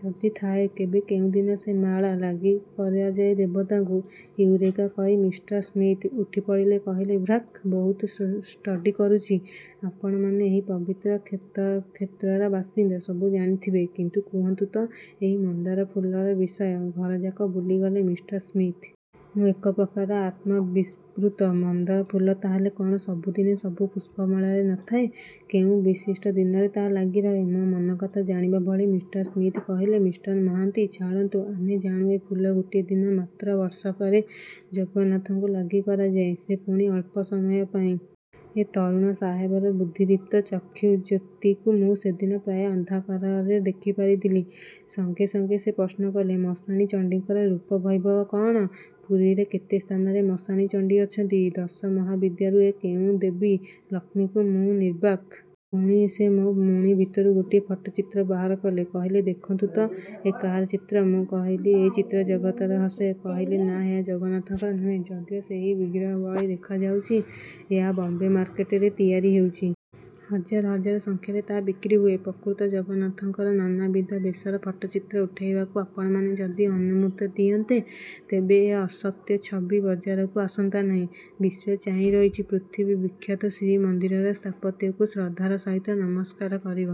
ଯଦି ଥାଏ, କେବେ କେଉଁଦିନ ସେ ମାଳା ଲାଗିକରାଯାଏ ଦେବତାଙ୍କୁ। "ଇଉରେକା" କହି ମିଷ୍ଟର ସ୍ମିଥ୍ ଉଠିପଡ଼ିଲେ–କହିଲେ, "ଫ୍ରାଙ୍କ୍ ବହୁତ ଷ୍ଟଡ଼ି କରୁଛି। ଆପଣମାନେ ଏହି ପବିତ୍ର କ୍ଷେତ୍ରର ବାସିନ୍ଦା। ସବୁ ଜାଣିଥିବେ; କିନ୍ତୁ କୁହନ୍ତୁ ତ, ଏହି ମନ୍ଦାର ଫୁଲର ବିଷୟ… " ଘରଯାକ ବୁଲିଗଲେ ମିଷ୍ଟର ସ୍ମିଥ୍। ମୁଁ ଏକପ୍ରକାର ଆତ୍ମ-ବିସ୍ମୃତ… ମନ୍ଦାର ଫୁଲ ତାହାହେଲେ କଅଣ ସବୁଦିନେ ସବୁ ପୁଷ୍ପମାଳାରେ ନଥାଏ? କେଉଁ ବିଶିଷ୍ଟ ଦିନରେ ତାହା ଲାଗିରହେ? ମୋ ମନକଥା ଜାଣିବା ଭଳି ମିଷ୍ଟର ସ୍ମିଥ୍ କହିଲେ–ମିଷ୍ଟର ମହାନ୍ତି-ଛାଡ଼ନ୍ତୁ, ଆମେ ଜାଣୁ ଏ ଫୁଲ ଗୋଟିଏ ଦିନ ମାତ୍ର ବର୍ଷକରେ ଜଗନ୍ନାଥଙ୍କୁ ଲାଗିକରାଯାଏ, ସେ ପୁଣି ଅଳ୍ପ ସମୟପାଇଁ। ଏ ତରୁଣ ସାହେବର ବୁଦ୍ଧିଦୀପ୍ତ ଚକ୍ଷୁଜ୍ୟୋତିକୁ ମୁଁ ସେଦିନ ପ୍ରାୟ ଅନ୍ଧକାରରେ ଦେଖିପାରିଥିଲି। ସଙ୍ଗେ ସଙ୍ଗେ ସେ ପ୍ରଶ୍ନ କଲେ– ମଶାଣି ଚଣ୍ଡୀଙ୍କର ରୂପବୈଭବ କଅଣ? ପୁରୀରେ କେତେ ସ୍ଥାନରେ ମଶାଣି ଚଣ୍ଡୀ ଅଛନ୍ତି? ଦଶମହାବିଦ୍ୟାରୁ ଏ କେଉଁ ଦେବୀ? ଲକ୍ଷ୍ମୀ କି? ମୁଁ ନିର୍ବାକ୍। ପୁଣି ସେ ମୁଣି ଭିତରୁ ଗୋଟିଏ ଫଟୋଚିତ୍ର ବାହାର କଲେ, କହିଲେ-ଦେଖନ୍ତୁ ତ ଏ କାହାର ଚିତ୍ର? ମୁଁ କହିଲି–ଏ ଚିତ୍ର ତ ଜଗନ୍ନାଥଙ୍କର… ସେ କହିଲେ, ନା ଏହା ଜଗନ୍ନାଥଙ୍କର ନୁହେଁ, ଯଦିଓ ସେହି ବିଗ୍ରହ ଭଳି ଦେଖାଯାଉଛି-। ଏହା ବମ୍ବେ ମାର୍କେଟରେ ତିଆରି ହେଉଛି। ହଜାର ହଜାର ସଂଖ୍ୟାରେ ତାହା ବିକ୍ରି ହୁଏ। ପ୍ରକୃତ ଜଗନ୍ନାଥଙ୍କର ନାନାବିଧ ବେଶର ଫଟୋଚିତ୍ର ଉଠାଇବାକୁ ଆପଣମାନେ ଯଦି ଅନୁମତି ଦିଅନ୍ତେ, ତେବେ ଏ ଅସତ୍ୟ ଛବି ବଜାରକୁ ଆସନ୍ତା ନାହିଁ। ବିଶ୍ଵ ଚାହିଁରହିଛି ପୃଥିବୀ ବିଖ୍ୟାତ ଶ୍ରୀମନ୍ଦିରର ସ୍ଥାପତ୍ୟକୁ ଶ୍ରଦ୍ଧାର ସହିତ ନମସ୍କାର କରିବ।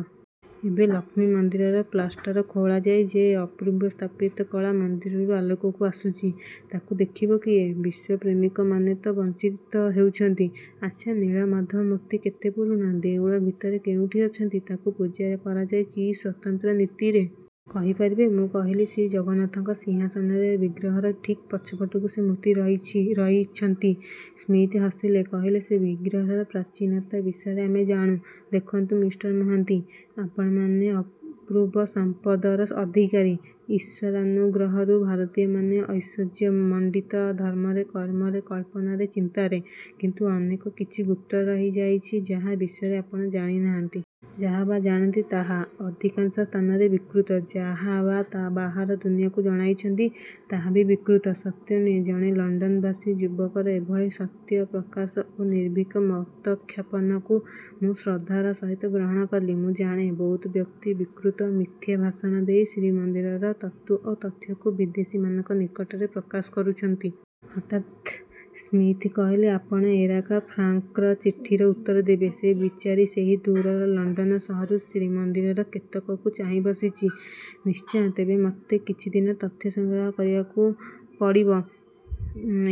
ଏବେ ଲକ୍ଷ୍ମୀ ମନ୍ଦିରର ପ୍ଲାଷ୍ଟର ଖୋଳାଯାଇ ଯେ ଅପୂର୍ବ ସ୍ଥାପତ୍ୟ-କଳା ମନ୍ଦିରରୁ ଆଲୋକକୁ ଆସୁଛି, ତାକୁ ଦେଖିବ କିଏ? ବିଶ୍ୱପ୍ରେମିକମାନେ ତ ବଞ୍ଚିତ ହେଉଛନ୍ତି… ଆଚ୍ଛା, ନୀଳମାଧବ ମୂର୍ତ୍ତି କେତେ ପୁରୁଣା? ଦେଉଳ ଭିତରେ କେଉଁଠି ଅଛନ୍ତି-? ତାଙ୍କୁ ପୂଜା କରାଯାଏ କି ସ୍ଵତନ୍ତ୍ର ନୀତିରେ? କହିପାରିବେ? ମୁଁ କହିଲି, ଶ୍ରୀଜଗନ୍ନାଥଙ୍କ ସିଂହାସନରେ ବିଗ୍ରହର ଠିକ୍ ପଛପଟକୁ ସେ ମୂର୍ତ୍ତି ରହିଛନ୍ତି-। ସ୍ମିଥ୍ ହସିଲେ-କହିଲେ, ସେ ବିଗ୍ରହର ପ୍ରାଚୀନତା ବିଷୟରେ ଆମେ ଜାଣୁ। ଦେଖନ୍ତୁ ମିଷ୍ଟର ମହାନ୍ତି, ଆପଣମାନେ ଅପୂର୍ବ ସମ୍ପଦର ଅଧିକାରୀ। ଈଶ୍ୱରାନୁଗ୍ରହରୁ ଭାରତୀୟମାନେ ଐଶ୍ୱର୍ଯ୍ୟମଣ୍ଡିତ-ଧର୍ମରେ, କର୍ମରେ, କଳ୍ପନାରେ, ଚିନ୍ତାରେ। କିନ୍ତୁ ଅନେକ କିଛି ଗୁପ୍ତ ରହିଯାଇଛି, ଯାହା ବିଷୟରେ ଆପଣ ଜାଣିନାହାନ୍ତି। ଯାହା ବା ଜାଣନ୍ତି ତାହା। ଅଧିକାଂଶ ସ୍ଥାନରେ ବିକୃତ। ଯାହା ବା ବାହାର ଦୁନିଆକୁ ଜଣାଇଛନ୍ତି, ତାହା ବି ବିକୃତ; ସତ୍ୟ ନୁହେଁ। ଜଣେ ଲଣ୍ଡନବାସୀ ଯୁବକର ଏଭଳି ସତ୍ୟ-ପ୍ରକାଶ ଓ ନିର୍ଭୀକ ମତଖ୍ୟାପନକୁ ମୁଁ ଶ୍ରଦ୍ଧାର ସହିତ ଗ୍ରହଣକଲି। ମୁଁ ଜାଣେ ବହୁ ବ୍ୟକ୍ତି ବିକୃତ ଓ ମିଥ୍ୟା ଭାଷଣ ଦେଇ ଶ୍ରୀମନ୍ଦିରର ତତ୍ତ୍ଵ ଓ ତଥ୍ୟକୁ ବିଦେଶୀମାନଙ୍କ ନିକଟରେ ପ୍ରକାଶ କରୁଛନ୍ତି। ହଠାତ୍ ସ୍ମିଥ୍ କହିଲେ–ଆପଣ ଏରାକା ଫ୍ରାଙ୍କ୍ର ଚିଠିର ଉତ୍ତର ଦେବେ। ସେ ବିଚାରି ସେହି ସୁଦୂର ଲଣ୍ଡନ ସହରରୁ ଶ୍ରୀମନ୍ଦିରର କେତନକୁ ଚାହିଁବସିଛି। -ନିଶ୍ଚୟ, ତେବେ ମତେ କିଛିଦିନ ତଥ୍ୟ ସଂଗ୍ରହ କରିବାକୁ ପଡ଼ିବ।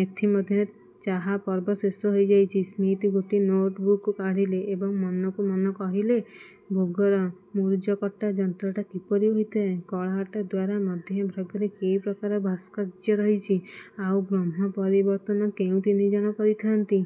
ଏଥିମଧ୍ୟରେ ଚାହା ପର୍ବ ଶେଷ ହୋଇଯାଇଛି। ସ୍ମିଥ୍ ଗୋଟିଏ ନୋଟ୍ ବୁକ୍ କାଢ଼ିଲେ ଏବଂ ମନକୁ ମନ କହିଲେ–"ଭୋଗର ମୁରୁଜକଟା ଯନ୍ତ୍ରଟା କିପରି ହୋଇଥାଏ, କଳାହାଟ ଦ୍ଵାର ମଧ୍ୟଭାଗରେ କି ପ୍ରକାର ଭାସ୍କର୍ଯ୍ୟ ରହିଛି, ଆଉ ବ୍ରହ୍ମ ପରିବର୍ତ୍ତନ କେଉଁ ତିନିଜଣ କରିଥାନ୍ତି?